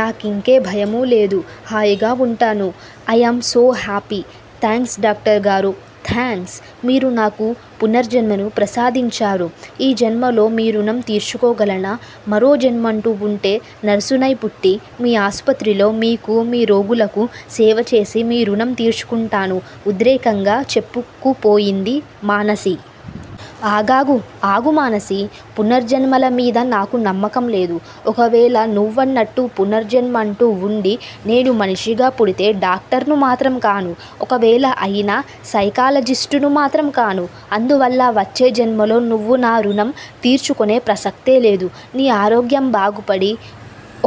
నాకింకే భయమూలేదు. హాయిగా వుంటాను. I am so happy! Thanks doctor గారూ! థ్యాంక్స్? మీరు నాకు పునర్జన్మను ప్రసాదించారు. ఈ జన్మలో మీ రుణం తీర్చుకోగలనా? మరో జన్మంటూ వుంటే, నర్సు నై పుట్టి మీ ఆసుపత్రిలో, మీకూ, మీ రోగులకూ సేవచేసి మీ రుణం తీర్చుకుంటాను ఉద్రేకంగా చెప్పుకుపోయింది మానసి. ఆగాగు! ఆగు మానసీ! పునర్జన్మలమీద నాకు నమ్మకంలేదు. ఒకవేళ నువ్వన్నట్టు పునర్జన్మంటూ వుండి, నేనుమనిషిగా పుడితే డాక్టర్ను మాత్రం కాను. ఒకవేళ అయినా సైకాలజిస్టును మాత్రం కాను. అందువల్ల వచ్చే జన్మలో నువ్వు నా రుణం తీర్చుకొనే ప్రసక్తేలేదు. నీ ఆరోగ్యం బాగుపడి,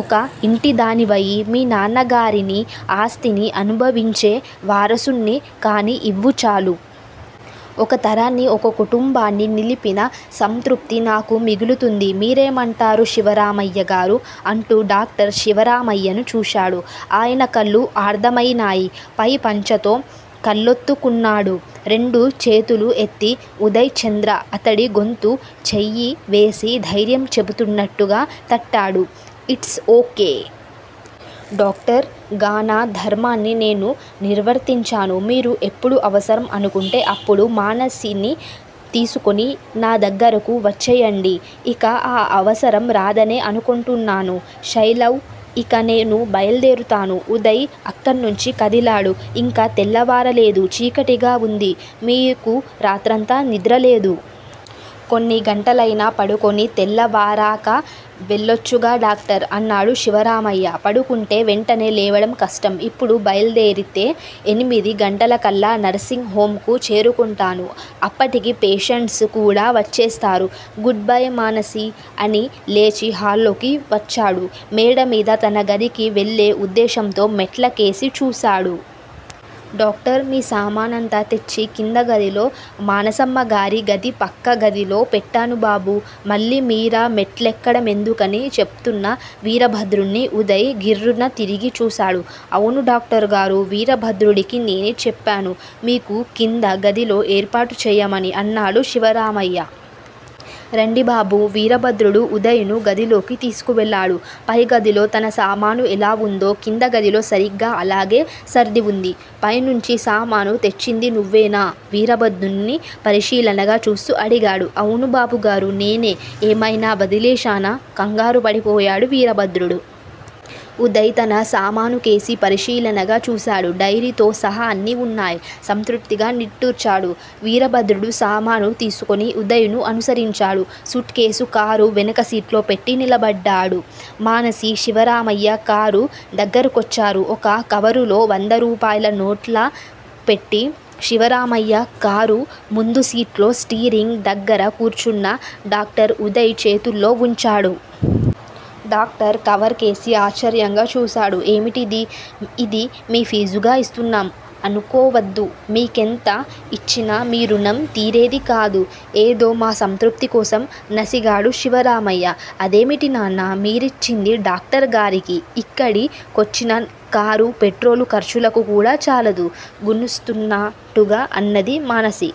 ఒక ఇంటిదానివయి, మీ నాన్నగారిని ఆస్తిని అణుభావించే వారసుడ్ని కానీ ఇవ్వు చాలు. ఒక తరాన్ని ఒక కుటుంబాన్ని నిలిపిన సంతృప్తి నాకు మిగులుతుంది, మీరేమంటారు శివరామయ్యగారూ? అంటూ డాక్టర్ శివరామయ్యను చూశాడు. ఆయనకళ్ళు ఆర్ద్రమైనాయి. పై పంచతో కళ్ళోత్తుకున్నాడు. రెండు చేతులూ ఎత్తి ఉదయ్ చంద్ర అతడి గొంతు చెయ్యివేసి దైర్యం చెపుతున్నట్టుగా తట్టాడు. It's కె! డాక్టర్ గా నా ధర్మాన్ని నేను నిర్వర్తించాను మీరు ఎప్పుడు అవసరం అనుకొంటే, అప్పుడు మానసిని తీసుకొని నా దగ్గరకు వచ్చెయ్యండి. ఇక ఆ అవసరం రాదనే అనుకొంటున్నాను. శైలవ్. ఇక నేను బయలుదేర్తాను. ఉదయ్ అక్కడ్నుంచి కదిలాడు. ఇంకా తెల్లవారలేదు. చీకటిగా వుంది. మీకు రాత్రంతా నిద్రలేదు. కొన్ని గంటలైనా పడుకొని, తెల్లవారాకా వెళ్ళోచ్చుగా డాక్టర్! అన్నాడు శివరామయ్య. పడుకుంటే వెంటనే లేవడం కష్టం! ఇప్పుడు బయలుదేరితే ఎనిమిది గంటలకళ్ళా నర్సింగ్ హొమ్ కు చేరుకుంటాను. అప్పటికి ఫేషెంట్సు కూడా వచ్చేస్తారు. Goodbye Manasi! అని లేచి హాల్లోకి వచ్చాడు. మేడమీద తన గదికి వెళ్ళే ఉద్దేశ్యంతో మెట్లకేసి చూశాడు. డాక్టర్! మీ సామానంతా తెచ్చి కింద గదిలో మానసమ్మగారి గది పక్కగదిలో పెట్టాను బాబూ. మళ్ళీ మీరా మెట్లెక్కడమెందుకని చెప్తూన్న వీరభద్రుడ్ని ఉదయ్ గిర్రున తిరిగి చూశాడు. అవును డాక్టర్ గారూ. వీరభద్రుడికి నేనే చెప్పాను. మీకు కింద గదిలో ఏర్పాటు చెయ్యమని అన్నాడు శివరామయ్య. రండి బాబూ! వీరభద్రుడు ఉదయ్ ను గదిలోకి తీసుకెళ్ళాడు. పై గదిలో తన సామాను ఎలావుందో కింద గదిలో సరిగ్గా అలాగే సర్దివుంది. పైనుంచి సామాను తెచ్చింది నువ్వేనా? వీరభద్రుడ్ని పరిశీలనగా చూస్తూ అడిగాడు. అవును బాబుగారూ! నేనే! ఏమైనా వదిలేశానా? కంగారూపడి పోయాడు వీరభద్రుడు. ఉదయ్ తన సామానుకేసి పరిశీలనగా చూశాడు. డైరీతో సహాఅన్నీ వున్నాయి. సంతృప్తిగా నిట్టూర్చాడు. వీరభద్రుడు సామాను తీసుకొని ఉదయ్ ను అనుసరించాడు. సూట్ కేసు కారు వెనకసీట్లో పెట్టి నిలబడ్డాడు. మానసి, శివరామయ్య కారు దగ్గరకొచ్చారు. ఒక కవరులో వందరూపాయల నోట్లుపెట్టి, శివరామయ్య కారు ముందుసీట్లో స్టీరింగ్ దగ్గర కూర్చున్న డాక్టర్ ఉదయ్ చేతుల్లో వుంచాడు. డాక్టర్ కవర్ కేసి ఆశ్చర్యంగా చూశాడు. ఏమిటిది? ఇది మీ ఫీజుగా ఇస్తున్నాం అనుకోవద్దు మీకెంత ఇచ్చినా మీ రుణం తీరేదికాదు. ఏదో మా సంతృప్తికోసం నసిగాడు శివరామయ్య. అదేమిటి నాన్నా! మీరిచ్చింది డాక్టర్ గారికి ఇక్కడి కొచ్చినకారు పెట్రోలు ఖర్చులకు కూడా చాలదు. గుణుస్తున్నట్టుగా అన్నది మానసి.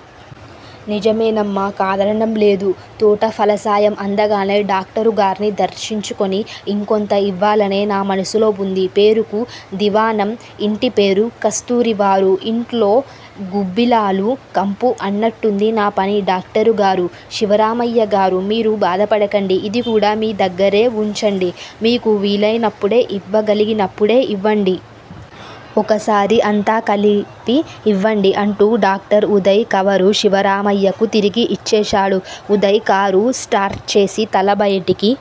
నిజమేనమ్మా! కాదనడంలేదు! తోటఫలసాయం అందగానే డాక్టరుగార్ని దర్శించుకొని, ఇంకొంత ఇవ్వాలనే నా మనసులో వుంది. పేరుకు దివాణం. ఇంటిపేరు కస్తూరివారు, ఇంట్లో గుబ్బిలాలు కంపు అన్నట్టుంది నా పని డాక్టరుగారూ? శివరామయ్యగారూ! మీరు బాధపడకండి. ఇదికూడా మీ దగ్గిరే వుంచండి. మీకు వీలైనప్పుడే, ఇవ్వగలగినప్పుడే ఇవ్వండి. ఒకసారిఅంతా కలిపి ఇవ్వండి అంటూ డాక్టర్ ఉదయ్, కవరు శివరామయ్యకు తిరిగి ఇచ్చేశాడు. ఉదయ్ కారు స్టార్ట్ చేసి తల బయటికి